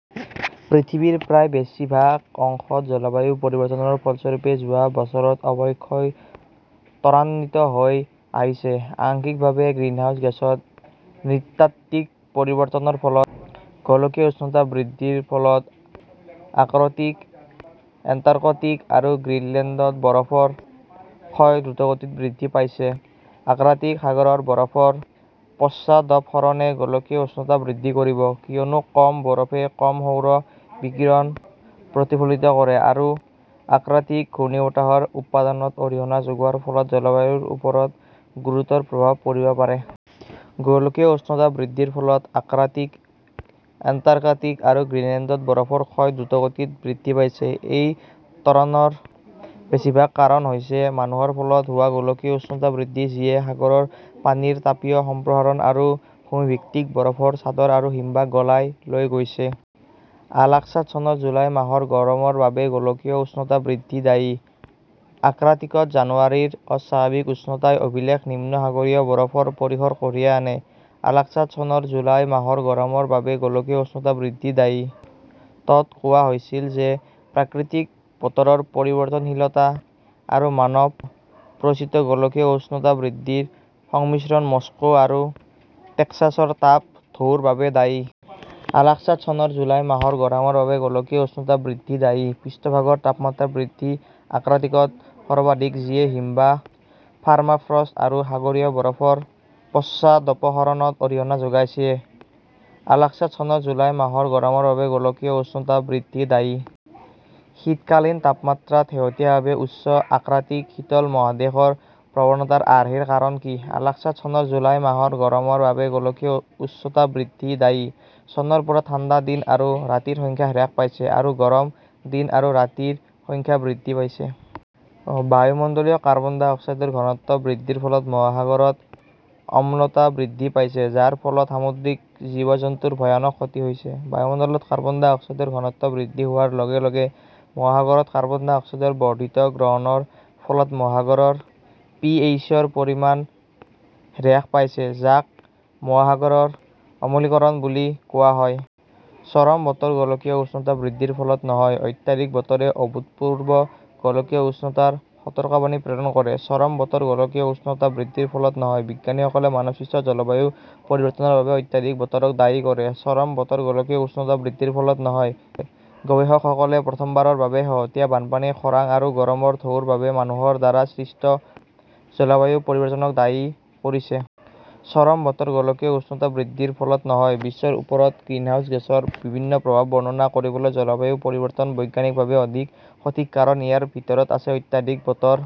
পৃথিৱীৰ প্ৰায় বেছিভাগ অংশত, জলবায়ু পৰিৱৰ্তনৰ ফলস্বৰূপে যোৱা বছৰত অৱক্ষয় ত্বৰান্বিত হৈ আহিছে, আংশিকভাৱে গ্ৰীণহাউচ গেছত নৃতাত্ত্বিক পৰিৱৰ্তনৰ ফলত। গোলকীয় উষ্ণতা বৃদ্ধিৰ ফলত আৰ্কটিক, এণ্টাৰ্কটিক আৰু গ্ৰীণলেণ্ডত বৰফৰ ক্ষয় দ্ৰুতগতিত বৃদ্ধি পাইছে। আৰ্কটিক সাগৰৰ বৰফৰ পশ্চাদপসৰণে গোলকীয় উষ্ণতা বৃদ্ধি কৰিব, কিয়নো কম বৰফে কম সৌৰ বিকিৰণ প্ৰতিফলিত কৰে, আৰু আৰ্কটিক ঘূৰ্ণীবতাহৰ উৎপাদনত অৰিহণা যোগোৱাৰ ফলত জলবায়ুৰ ওপৰত গুৰুতৰ প্ৰভাৱ পৰিব পাৰে। গোলকীয় উষ্ণতা বৃদ্ধিৰ ফলত আৰ্কটিক, এণ্টাৰ্কটিক আৰু গ্ৰীণলেণ্ডত বৰফৰ ক্ষয় দ্ৰুতগতিত বৃদ্ধি পাইছে। এই ত্বৰণৰ বেছিভাগ কাৰণ হৈছে মানুহৰ ফলত হোৱা গোলকীয় উষ্ণতা বৃদ্ধি, যিয়ে সাগৰৰ পানীৰ তাপীয় সম্প্ৰসাৰণ আৰু ভূমি-ভিত্তিক বৰফৰ চাদৰ আৰু হিমবাহ গলাই লৈ গৈছে। আলাস্কাত চনৰ জুলাই মাহৰ গৰমৰ বাবে গোলকীয় উষ্ণতা বৃদ্ধি দায়ী। "আৰ্কটিকত জানুৱাৰীৰ অস্বাভাৱিক উষ্ণতাই অভিলেখ-নিম্ন সাগৰীয় বৰফৰ পৰিসৰ কঢ়িয়াই আনে। " আলাস্কাত চনৰ জুলাই মাহৰ গৰমৰ বাবে গোলকীয় উষ্ণতা বৃদ্ধি দায়ী। -ত কোৱা হৈছিল যে প্ৰাকৃতিক বতৰৰ পৰিৱৰ্তনশীলতা আৰু মানৱ-প্ৰৰোচিত গোলকীয় উষ্ণতা বৃদ্ধিৰ সংমিশ্ৰণ মস্কো আৰু টেক্সাছৰ তাপ ঢৌৰ বাবে দায়ী। আলাস্কাত চনৰ জুলাই মাহৰ গৰমৰ বাবে গোলকীয় উষ্ণতা বৃদ্ধি দায়ী। পৃষ্ঠভাগৰ তাপমাত্ৰা বৃদ্ধি আৰ্কটিকত সৰ্বাধিক, যিয়ে হিমবাহ, পাৰ্মাফ্ৰষ্ট আৰু সাগৰীয় বৰফৰ পশ্চাদপসৰণত অৰিহণা যোগাইছে। আলাস্কাত চনৰ জুলাই মাহৰ গৰমৰ বাবে গোলকীয় উষ্ণতা বৃদ্ধি দায়ী। "শীতকালীন তাপমাত্ৰাত শেহতীয়াভাৱে" "উষ্ণ আৰ্কটিক, শীতল মহাদেশ" "ৰ প্ৰৱণতাৰ আৰ্হিৰ কাৰণ কি? " আলাস্কাত চনৰ জুলাই মাহৰ গৰমৰ বাবে গোলকীয় উষ্ণতা বৃদ্ধি দায়ী। চনৰ পৰা ঠাণ্ডা দিন আৰু ৰাতিৰ সংখ্যা হ্ৰাস পাইছে, আৰু গৰম দিন আৰু ৰাতিৰ সংখ্যা বৃদ্ধি পাইছে। বায়ুমণ্ডলীয় কাৰ্বন ডাই অক্সাইডৰ ঘনত্ব বৃদ্ধিৰ ফলত মহাসাগৰত অম্লতা বৃদ্ধি পাইছে, যাৰ ফলত সামুদ্ৰিক জীৱ-জন্তুৰ ভয়ানক ক্ষতি হৈছে। বায়ুমণ্ডলত কাৰ্বন ডাই অক্সাইডৰ ঘনত্ব বৃদ্ধি হোৱাৰ লগে লগে, মহাসাগৰত কাৰ্বন ডাই অক্সাইডৰ বৰ্ধিত গ্ৰহণৰ ফলত মহাসাগৰৰ পিএইচ-ৰ পৰিমাণ হ্ৰাস পাইছে, যাক মহাসাগৰৰ অম্লীকৰণ বুলি কোৱা হয়। চৰম বতৰ গোলকীয় উষ্ণতা বৃদ্ধিৰ ফলত নহয় অত্যাধিক বতৰে অভূতপূৰ্ব গোলকীয় উষ্ণতাৰ সতৰ্কবাণী প্ৰেৰণ কৰে। চৰম বতৰ গোলকীয় উষ্ণতা বৃদ্ধিৰ ফলত নহয় বিজ্ঞানীসকলে মানৱসৃষ্ট জলবায়ু পৰিৱৰ্তনৰ বাবে অত্যাধিক বতৰক দায়ী কৰে। চৰম বতৰ গোলকীয় উষ্ণতা বৃদ্ধিৰ ফলত নহয় গৱেষকসকলে প্ৰথমবাৰৰ বাবে শেহতীয়া বানপানী, খৰাং আৰু গৰমৰ ঢৌৰ বাবে মানুহৰ দ্বাৰা সৃষ্ট জলবায়ু পৰিৱৰ্তনক দায়ী কৰিছে। চৰম বতৰ গোলকীয় উষ্ণতা বৃদ্ধিৰ ফলত নহয় বিশ্বৰ ওপৰত গ্ৰিনহাউস গেছৰ বিভিন্ন প্ৰভাৱ বৰ্ণনা কৰিবলৈ জলবায়ু পৰিৱৰ্তন বৈজ্ঞানিকভাৱে অধিক সঠিক কাৰণ ইয়াৰ ভিতৰত আছে অত্যাধিক বতৰ,